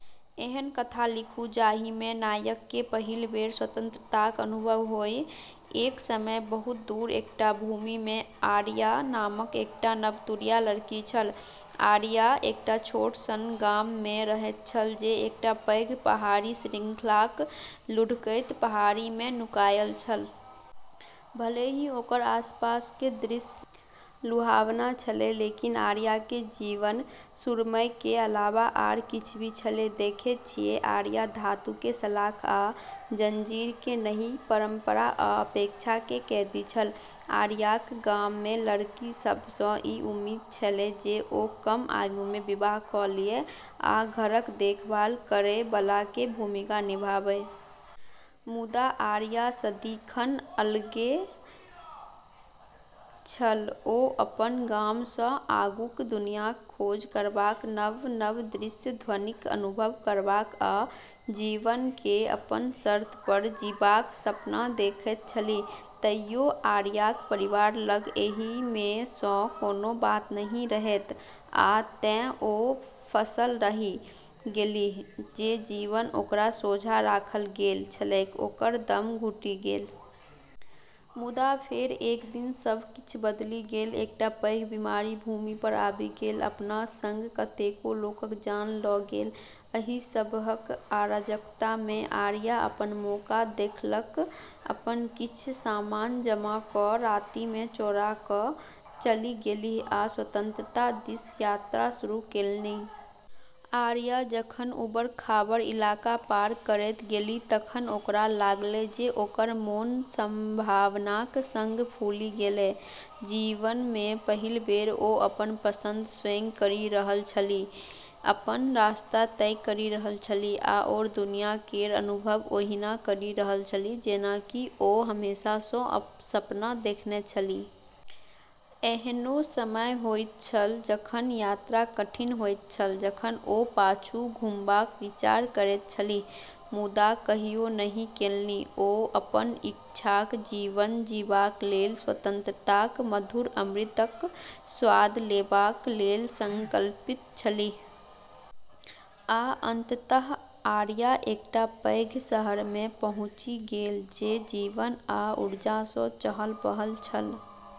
एहन कथा लिखु जाहिमे नायककेँ पहिल बेर स्वतंत्रताक अनुभव होइ, एक समय बहुत दूर एकटा भूमिमे आरिया नामक एकटा नवतुरिया लड़की छल। आरिया एकटा छोट सन गाममे रहैत छल, जे एकटा पैघ पहाड़ी श्रृंखलाक लुढ़कैत पहाड़ीमे नुकायल छल। भले ही ओकर आसपासके दृश्य लुभावना छलै, लेकिन आरियाके जीवन सुरम्यके अलावा आर किछ भी छलै। देखै छियै, आरिया धातुके सलाख आ जंजीरके नहि, परंपरा आ अपेक्षाके कैदी छल। आरियाक गाममे लड़की सभसँ ई उम्मीद छलै जे ओ कम आयुमे विवाह क' लिए आ घरक देखभाल करैबलाकेँ भूमिका निभाबै । मुदा आरिया सदिखन अलगे छल; ओ अपन गामसँ आगूक दुनियाँक खोज करबाक, नव-नव दृश्य-ध्वनिक अनुभव करबाक, आ जीवनकेँ अपन शर्त पर जीबाक सपना देखैत छलीह तइयो आरियाक परिवार लग एहिमे सँ कोनो बात नहि रहैत, आ तें ओ फँसल रहि गेलीह, जे जीवन ओकरा सोझाँ राखल गेल छलैक, ओकर दम घुटि गेल। मुदा फेर, एक दिन, सब किछ बदलि गेल। एकटा पैघ बीमारी भूमि पर आबि गेल, अपना सङ्ग कतेको लोकक जान ल' गेल। एहि सबहक अराजकतामे आरिया अपन मौका देखलक। अपन किछ सामान जमा क' रातिमे चोरा क' चलि गेलीह आ स्वतंत्रता दिस यात्रा शुरू केलनि। आरिया जखन उबड़-खाबड़ इलाका पार करैत गेलीह तखन ओकरा लागलै जे ओकर मोन संभावनाक संग फूलि गेलै। जीवनमे पहिल बेर ओ अपन पसंद स्वयं करि रहल छली, अपन रस्ता तय करि रहल छली, आओर दुनिया केर अनुभव ओहिना करि रहल छली, जेना कि ओ हमेशासँ सपना देखने छली। एहनो समय होइत छल जखन यात्रा कठिन होइत छल, जखन ओ पाछू घुमबाक विचार करैत छलीह, मुदा कहियो नहि केलनि। ओ अपन इच्छाक जीवन जीबाक लेल, स्वतंत्रताक मधुर अमृतक स्वाद लेबाक लेल संकल्पित छलीह। आ, अंततः, आरिया एकटा पैघ शहरमे पहुँचि गेल, जे जीवन आ ऊर्जासँ चहल-पहल छल।